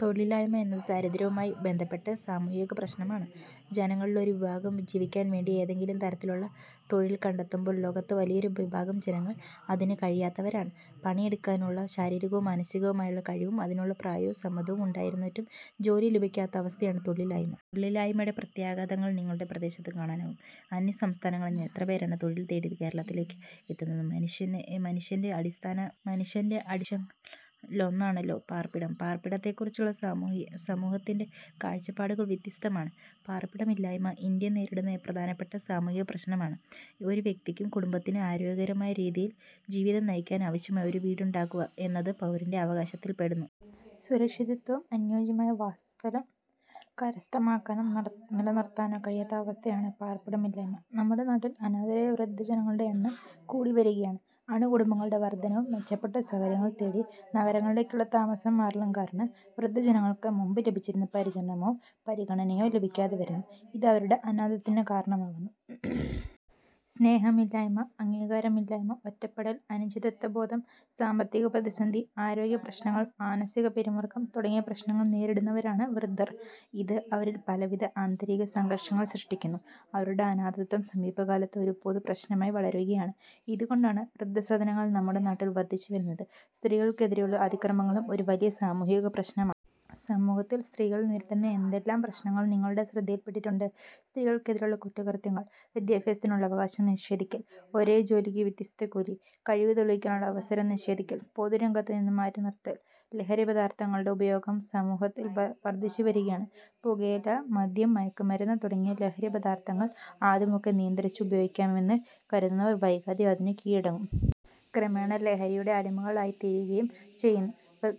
തൊഴിലില്ലായ്മ എന്നത് ദാരിദ്ര്യവുമായി ബന്ധപ്പെട്ട സാമൂഹിക പ്രശ്നമാണ്. ജനങ്ങളിൽ ഒരു വിഭാഗം ജീവിക്കാൻ വേണ്ടി ഏതെങ്കിലും തരത്തിലുള്ള തൊഴിൽ കണ്ടെത്തുമ്പോൾ ലോകത്ത് വലിയൊരു വിഭാഗം ജനങ്ങൾ അതിന് കഴിയാത്തവരാണ്. പണിയെടുക്കാനുള്ള ശാരീരികവും മാനസികവുമായ കഴിവും അതിനുള്ള പ്രായവും സമ്മതവും ഉണ്ടായിരുന്നിട്ടും ജോലി ലഭിക്കാത്ത അവസ്ഥയാണ് തൊഴിലില്ലായ്മ. തൊഴിലില്ലായ്മയുടെ പ്രത്യാഘാതങ്ങൾ നിങ്ങളുടെ പ്രദേശത്തും കാണാനാവും. അന്യസംസ്ഥാനങ്ങളിൽനിന്ന് എത്രപേരാണ് തൊഴിൽ തേടി കേരളത്തിലേക്ക് എത്തുന്നത്. മനുഷ്യന്റെ അടിസ്ഥാനാവശ്യങ്ങളിലൊന്നാണല്ലോ പാർപ്പിടം. പാർപ്പിടത്തെക്കുറിച്ചുള്ള സമൂഹത്തിന്റെ കാഴ്ചപ്പാടുകൾ വ്യത്യസ്തമാണ്. പാർപ്പിടമില്ലായ്മ ഇന്ത്യ നേരിടുന്ന പ്രധാനപ്പെട്ട സാമൂഹികപ്രശ്നമാണ്. ഒരു വ്യക്തിക്കും കുടുംബത്തിനും ആരോഗ്യകരമായ രീതിയിൽ ജീവിതം നയിക്കാനാവശ്യമായ ഒരു വീടുണ്ടാവുക എന്നത് പൗരന്റെ അവകാശത്തിൽപ്പെടുന്നു. സുരക്ഷിതത്വവും അനുയോജ്യവുമായ വാസസ്ഥലം കരസ്ഥമാക്കാനോ നിലനിർത്താനോ കഴിയാത്ത അവസ്ഥയാണ് പാർപ്പിടമില്ലായ്മ. നമ്മുടെ നാട്ടിൽ അനാഥരായ വൃദ്ധജനങ്ങളുടെ എണ്ണം കൂടിവരുകയാണ്. അണുകുടുംബങ്ങളുടെ വർധനവും മെച്ചപ്പെട്ട സൗകര്യങ്ങൾ തേടി നഗരങ്ങളിലേക്കുള്ള താമസം മാറലും കാരണം വൃദ്ധജനങ്ങൾക്ക് മുമ്പ് ലഭിച്ചിരുന്ന പരിചരണമോ പരിഗണനയോ ലഭിക്കാതെ വരുന്നു. ഇത് അവരുടെ അനാഥത്വത്തിന് കാരണമാകുന്നു. സ്നേഹമില്ലായ്മ, അംഗീകാരമില്ലായ്മ, ഒറ്റപ്പെടൽ, അനിശ്ചിതത്വബോധം, സാമ്പത്തികപ്രതിസന്ധി, ആരോഗ്യപ്രശ്നങ്ങൾ, മാനസികപിരിമുറുക്കം തുടങ്ങിയ പ്രശ്നങ്ങൾ നേരിടുന്നവരാണ് വൃദ്ധർ. ഇത് അവരിൽ പലവിധ ആന്തരിക സംഘർഷങ്ങൾ സൃഷ്ടിക്കുന്നു. അവരുടെ അനാഥത്വം സമീപകാലത്ത് ഒരു പൊതുപ്രശ്നമായി വളരുകയാണ്. ഇതുകൊണ്ടാണ് വൃദ്ധസദനങ്ങൾ നമ്മുടെ നാട്ടിൽ വർധിച്ചുവരുന്നത്. സ്ത്രീകൾക്കെതിരെയുള്ള അതിക്രമങ്ങളും ഒരു വലിയ സാമൂഹിക പ്രശ്നമാണ്. സമൂഹത്തിൽ സ്ത്രീകൾ നേരിടുന്ന എന്തെല്ലാം പ്രശ്നങ്ങൾ നിങ്ങളുടെ ശ്രദ്ധയിൽപ്പെട്ടിട്ടുണ്ട്? സ്ത്രീകൾക്കെതിരെയുള്ള കുറ്റകൃത്യങ്ങൾ. വിദ്യാഭ്യാസത്തിനുള്ള അവകാശം നിഷേധിക്കൽ. ഒരേ ജോലിക്ക് വ്യത്യസ്ത കൂലി. കഴിവു തെളിയിക്കാനുള്ള അവസരം നിഷേധിക്കൽ. പൊതുരംഗത്തുനിന്നു മാറ്റിനിർത്തൽ. ലഹരിപദാർഥങ്ങളുടെ ഉപയോഗം സമൂഹത്തിൽ വർധിച്ചുവരുകയാണ്. പുകയില, മദ്യം, മയക്കുമരുന്ന് തുടങ്ങിയ ലഹരിപദാർഥങ്ങൾ ആദ്യമൊക്കെ നിയന്ത്രിച്ച് ഉപയോഗിക്കാമെന്ന് കരുതുന്നവർ വൈകാതെ അതിന് കീഴടങ്ങും. ക്രമേണ ലഹരിയുടെ അടിമകളായിത്തീരുകയും ചെയ്യുന്നു.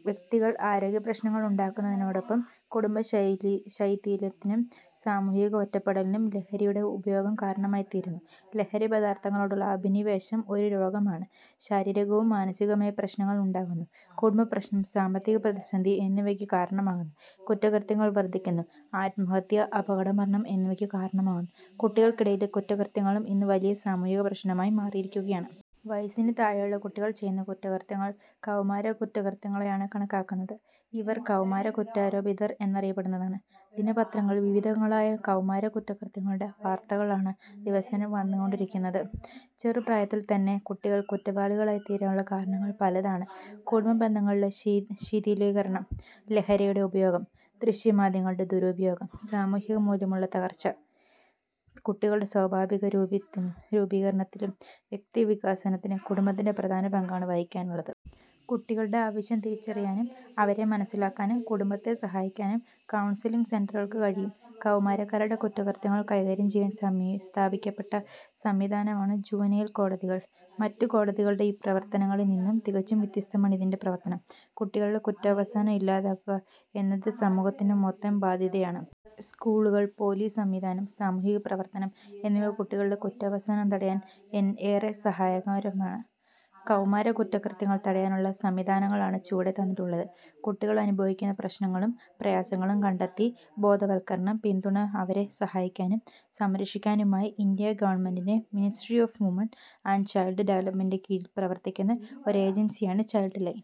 വ്യക്തികളിൽ ആരോഗ്യപ്രശ്നങ്ങൾ ഉണ്ടാക്കുന്നതിനോടൊപ്പം കുടുംബശൈഥില്യത്തിനും സാമൂഹികമായ ഒറ്റപ്പെടലിനും ലഹരിയുടെ ഉപയോഗം കാരണമായിത്തീരുന്നു. ലഹരിപദാർഥങ്ങളോടുള്ള അഭിനിവേശം ഒരു രോഗമാണ്. ശാരീരികവും മാനസികവുമായ പ്രശ്നങ്ങൾ ഉണ്ടാകുന്നു. കുടുംബപ്രശ്നം, സാമ്പത്തിക പ്രതിസന്ധി എന്നിവയ്ക്ക് കാരണമാകുന്നു. കുറ്റകൃത്യങ്ങൾ വർധിക്കുന്നു. ആത്മഹത്യ, അപകടമരണം എന്നിവയ്ക്ക് കാരണമാകുന്നു. കുട്ടികൾക്കിടയിലെ കുറ്റകൃത്യങ്ങളും ഇന്ന് വലിയ സാമൂഹികപ്രശ്നമായി മാറിയിരിക്കുകയാണ്. വയസ്സിനു താഴെയുള്ള കുട്ടികൾ ചെയ്യുന്ന കുറ്റകൃത്യങ്ങളെ കൗമാര കുറ്റകൃത്യങ്ങളായാണ് കണക്കാക്കുന്നത്. ഇവർ കൗമാര കുറ്റാരോപിതർ എന്നാണറിയപ്പെടുന്നത്. ദിനപത്രങ്ങളിൽ വിവിധങ്ങളായ കൗമാര കുറ്റകത്യങ്ങളുടെ വാർത്തകളാണ് ദിവസേന വന്നുകൊണ്ടിരിക്കുന്നത്. ചെറുപ്രായത്തിൽത്തന്നെ കുട്ടികൾ കുറ്റവാളികളായിത്തീരാനുള്ള കാരണങ്ങൾ പലതാണ്. കുടുംബബന്ധങ്ങളിലെ ശിഥിലീകരണം. ലഹരിയുടെ ഉപയോഗം. ദൃശ്യമാധ്യമങ്ങളുടെ ദുരുപയോഗം. സാമൂഹികമൂല്യങ്ങളുടെ തകർച്ച. കുട്ടികളുടെ സ്വഭാവരൂപീകരണത്തിനും വ്യക്തിത്വവികാസത്തിനും കുടുംബത്തിന് പ്രധാന പങ്കാണ് വഹിക്കാനുള്ളത്. കുട്ടികളുടെ ആവശ്യങ്ങൾ തിരിച്ചറിയാനും അവരെ മനസ്സിലാക്കാനും കുടുംബത്തെ സഹായിക്കാനും കൗൺസലിംങ് സെന്ററുകൾക്ക് കഴിയും. കൗമാരക്കാരുടെ കുറ്റ കൃത്യങ്ങൾ കൈകാര്യം ചെയ്യാൻ സ്ഥാപിക്കപ്പെട്ട സംവിധാനമാണ് ജുവനൈൽ കോടതികൾ. മറ്റു കോടതികളുടെ പ്രവർത്തനങ്ങളിൽ നിന്നു തികച്ചും വ്യത്യസ്തമാണ് ഇതിന്റെ പ്രവർത്തനം. കുട്ടികളിലെ കുറ്റവാസന ഇല്ലാതാക്കുക എന്നത് സമൂഹത്തിന്റെ മൊത്തം ബാധ്യതയാണ്. സ്കൂളുകൾ, പൊലീസ് സംവിധാനം, സാമൂഹിക പ്രവർത്തനം എന്നിവ കുട്ടികളിലെ കുറ്റവാസന തടയാൻ ഏറെ സഹായകമാണ്. കൗമാര കുറ്റകൃത്യങ്ങൾ തടയാനുള്ള സംവിധാനങ്ങളാണ് ചുവടെ തന്നിട്ടുള്ളത്. കുട്ടികളനുഭവിക്കുന്ന പ്രശ്നങ്ങളും പ്രയാസങ്ങളും കണ്ടെത്തി ബോധവൽക്കരണം, പിന്തുണ അവരെ സഹായിക്കാനും സംരക്ഷിക്കാനുമായി ഇന്ത്യാ ഗവൺമെന്റിന്റെ ministry of woman and child ഡവലപ്മെന്റിന്റെ കീഴിൽ പ്രവർത്തിക്കുന്ന ഒരു ഏജൻസിയാണ് ചൈൽഡ് ലൈൻ.